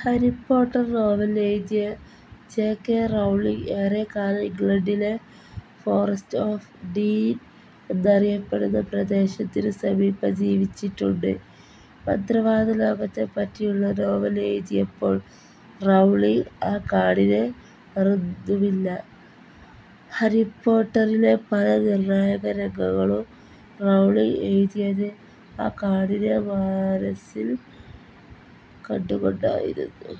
Harry Potter novel എഴുതിയ J. K റൗളി ഏറെക്കാലം ഇംഗ്ലണ്ടിലെ ഫോറസ്റ്റ് ഓഫ് ഡീൻ എന്നറിയപ്പെടുന്ന പ്രദേശത്തിനു സമീപം ജീവിച്ചിട്ടുണ്ട്. മന്ത്രവാദ ലോകത്തെപ്പറ്റിയുള്ള നോവൽ എഴുതിയപ്പോൾ റൗളി ആ കാടിനെ മറന്നുമില്ല. ഹാരിപോട്ടറിലെ പല നിർണായക രംഗങ്ങളും റൗളി എഴുതിയത് ആ കാടിനെ മാനസ്സിൽ കണ്ടുകൊണ്ടായിരുന്നു.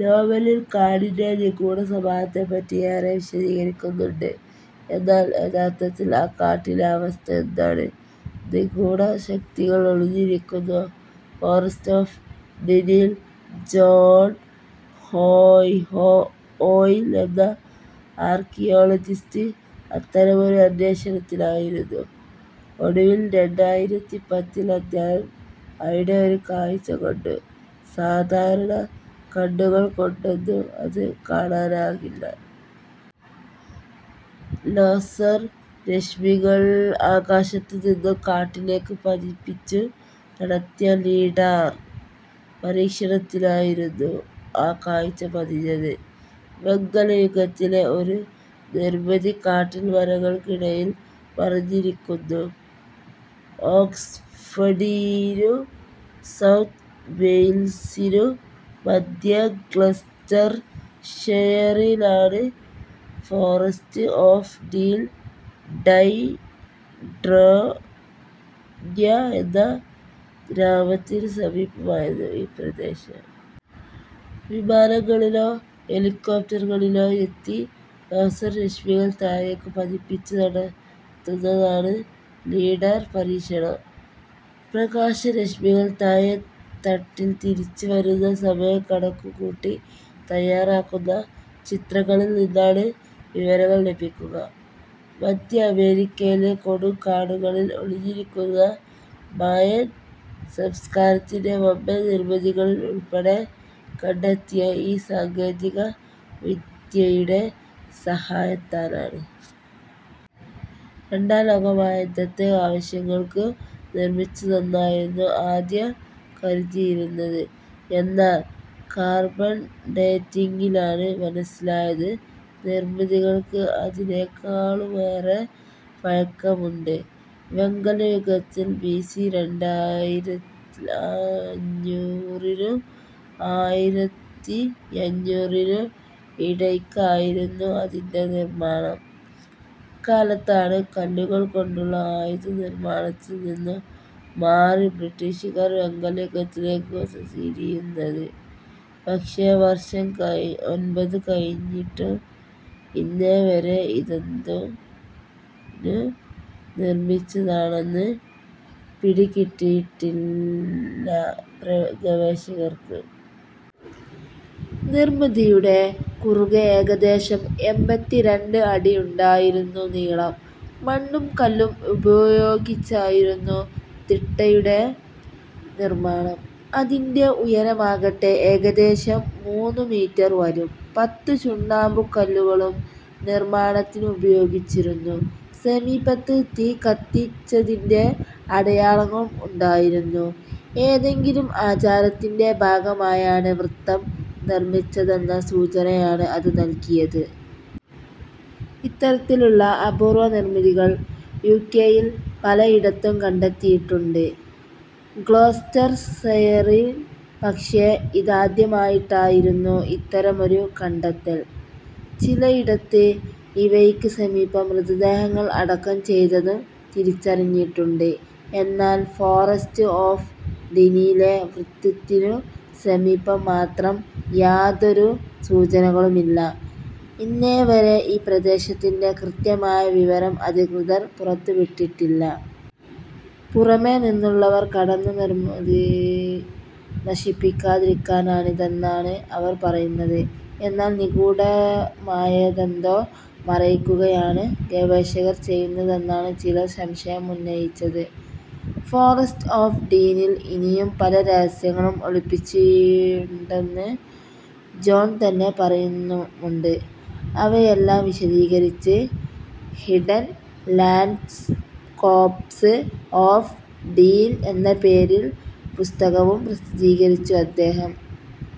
നോവലിൽ കാടിന്‍റെ നിഗൂഢ സ്വഭാവത്തെപ്പറ്റി ഏറെ വിശദീകരിക്കുന്നുണ്ട്. എന്നാൽ യഥാർഥത്തിൽ ആ കാട്ടിലെ അവസ്ഥ എന്താണ്? നിഗൂഢ ശക്തികൾ ഒളിഞ്ഞിരിക്കുന്നോ ഫോറസ്റ്റ് ഓഫ് ഡീനിൽ? ജോൺ ഹോയ് ഹോ ഹോയ്ൽ എന്ന ആർക്കിയോളജിസ്റ്റ് അത്തരമൊരു അന്വേഷണത്തിലായിരുന്നു. ഒടുവിൽ രണ്ടായിരത്തി പത്തിൽ അദ്ദേഹം അവിടെ ഒരു കാഴ്ച കണ്ടു. സാധാരണ കണ്ണുകള്‍ കൊണ്ടൊന്നും അതു കാണാനാകില്ല. ലേസർ രശ്മികൾ ആകാശത്തു നിന്നു കാട്ടിലേക്കു പതിപ്പിച്ചു നടത്തിയ ലിഡാർ പരീക്ഷണത്തിലായിരുന്നു ആ കാഴ്ച പതിഞ്ഞത് വെങ്കലയുഗത്തിലെ ഒരു നിർമിതി, കാട്ടിൽ മരങ്ങൾക്കിടയിൽ മറഞ്ഞിരിക്കുന്നു! ഓക്സ്ഫഡിനും സൗത്ത് വെയിൽസിനും മധ്യേ ഗ്ലോസ്റ്റർഷയറിലാണ് ഫോറസ്റ്റ് ഓഫ് ഡീൻ. ടൈഡ്രന്യാം എന്ന ഗ്രാമത്തിനു സമീപമായിരുന്നു ഈ പ്രദേശം. വിമാനങ്ങളിലോ ഹെലികോപ്ടറുകളിലോ എത്തി ലേസർ രശ്മികൾ താഴേക്കു പതിപ്പിച്ചു നടത്തുന്നതാണ് ലീഡാർ പരീക്ഷണം. പ്രകാശരശ്മികൾ താഴെത്തട്ടി തിരിച്ചു വരുന്ന സമയം കണക്കുകൂട്ടി തയാറാക്കുന്ന ചിത്രങ്ങളിൽ നിന്നാണ് വിവരണം ലഭിക്കുക. മധ്യ അമേരിക്കയിലെ കൊടുങ്കാടുകളിൽ ഒളിഞ്ഞിരുന്ന മായൻ സംസ്കാരത്തിന്റെ വമ്പൻ നിർമിതികൾ ഉൾപ്പെടെ കണ്ടെത്തിയ ഈ സാങ്കേതിക വിദ്യയുടെ സഹായത്താലാണ്. രണ്ടാം ലോകമഹായുദ്ധത്തെ ആവശ്യങ്ങൾക്കു നിർമിതികൾക്ക് ആദ്യം കരുതിയിരുന്നത്. എന്നാൽ കാർബൺ ഡേറ്റിങ്ങിലാണ് മനസ്സിലായത് നിർമിതിക്ക് അതിനേക്കാളുമേറെ പഴക്കമുണ്ട്. വെങ്കലയുഗത്തിൽ, ബിസി രണ്ടായിരത്തിഅഞ്ഞൂറിനും ആയിരത്തിയഞ്ഞൂറിനും ഇടയ്ക്കായിരുന്നും അതിന്‍റെ നിർമാണം. അക്കാലത്താണ് കല്ലു കൊണ്ടുള്ള ആയുധ നിർമാണത്തിൽ നിന്ന് മാറി ബ്രിട്ടിഷുകാർ വെങ്കലത്തിലേക്കു തിരിയുന്നത്. പക്ഷേ വർഷം ഒൻപതു കഴിഞ്ഞിട്ടും ഇന്നേവരെ ഇതെന്തിനു നിർമിച്ചതാണെന്നു പിടികിട്ടിയിട്ടില്ല ഗ ഗവേഷകര്‍ക്ക്. നിർമിതിയുടെ കുറുകെ ഏകദേശം എമ്പത്തി രണ്ട് അടിയുണ്ടായിരുന്നു നീളം. മണ്ണും കല്ലും ഉപയോഗിച്ചായിരുന്നു തിട്ടയുടെ നിർമാണം. അതിന്‍റെ ഉയരമാകട്ടെ ഏകദേശം മൂന്നു മീറ്റർ വരും. പത്ത് ചുണ്ണാമ്പുകല്ലുകളും നിർമാണത്തിന് ഉപയോഗിച്ചിരുന്നു. സമീപത്ത് തീ കത്തിച്ചതിന്‍റെ അടയാളങ്ങളും ഉണ്ടായിരുന്നു. ഏതെങ്കിലും ആചാരത്തിന്‍റെ ഭാഗമായാണ് വൃത്തം നിർമിച്ചതെന്ന സൂചനയാണ് അത് നല്കിയത്. ഇത്തരത്തിലുള്ള അപൂർവ നിർമിതികൾ യുകെയിൽ പലയിടത്തും കണ്ടെത്തിയിട്ടുണ്ട്. ഗ്ലോസ്റ്റർഷയറിൽ പക്ഷേ ഇതാദ്യമായിട്ടായിരുന്നു ഇത്തരമൊരു കണ്ടെത്തൽ. ചിലയിടത്ത് ഇവയ്ക്കു സമീപം മൃതദേഹങ്ങൾ അടക്കം ചെയ്തതും തിരിച്ചറിഞ്ഞിട്ടുണ്ട്. എന്നാൽ ഫോറസ്റ്റ് ഓഫ് ഡീനിലെ വൃത്തത്തിനു സമീപം മാത്രം യാതൊരു സൂചനകളുമില്ല. ഇന്നേവരെ ഈ പ്രദേശത്തിന്‍റെ കൃത്യമായ വിവരം അധികൃതർ പുറത്തുവിട്ടിട്ടില്ല. പുറമെ നിന്നുള്ളവർ കടന്ന് നിർമിതി നശിപ്പിക്കാതിരിക്കാനാണിതെന്നാണ് അവർ പറയുന്നത്. എന്നാൽ നിഗൂഢമായതെന്തോ മറയ്ക്കുകയാണു ഗവേഷകർ ചെയ്യുന്നതെന്നാണ് ചിലർ സംശയമുന്നയിച്ചത്. ഫോറസ്റ്റ് ഓഫ് ഡീനിൽ ഇനിയും പല രഹസ്യങ്ങളും ഒളിപ്പിച്ചിട്ടുണ്ടെന്ന് ജോൺ തന്നെ പറയുന്നുമുണ്ട്. അവയെല്ലാം വിശദീകരിച്ച് ' ഹിഡൻ ലാൻഡ്സ്കേപ്സ് ഓഫ് ഡീൻ ' എന്ന പേരിൽ പുസ്തകവും പ്രസിദ്ധീകരിച്ചു അദ്ദേഹം.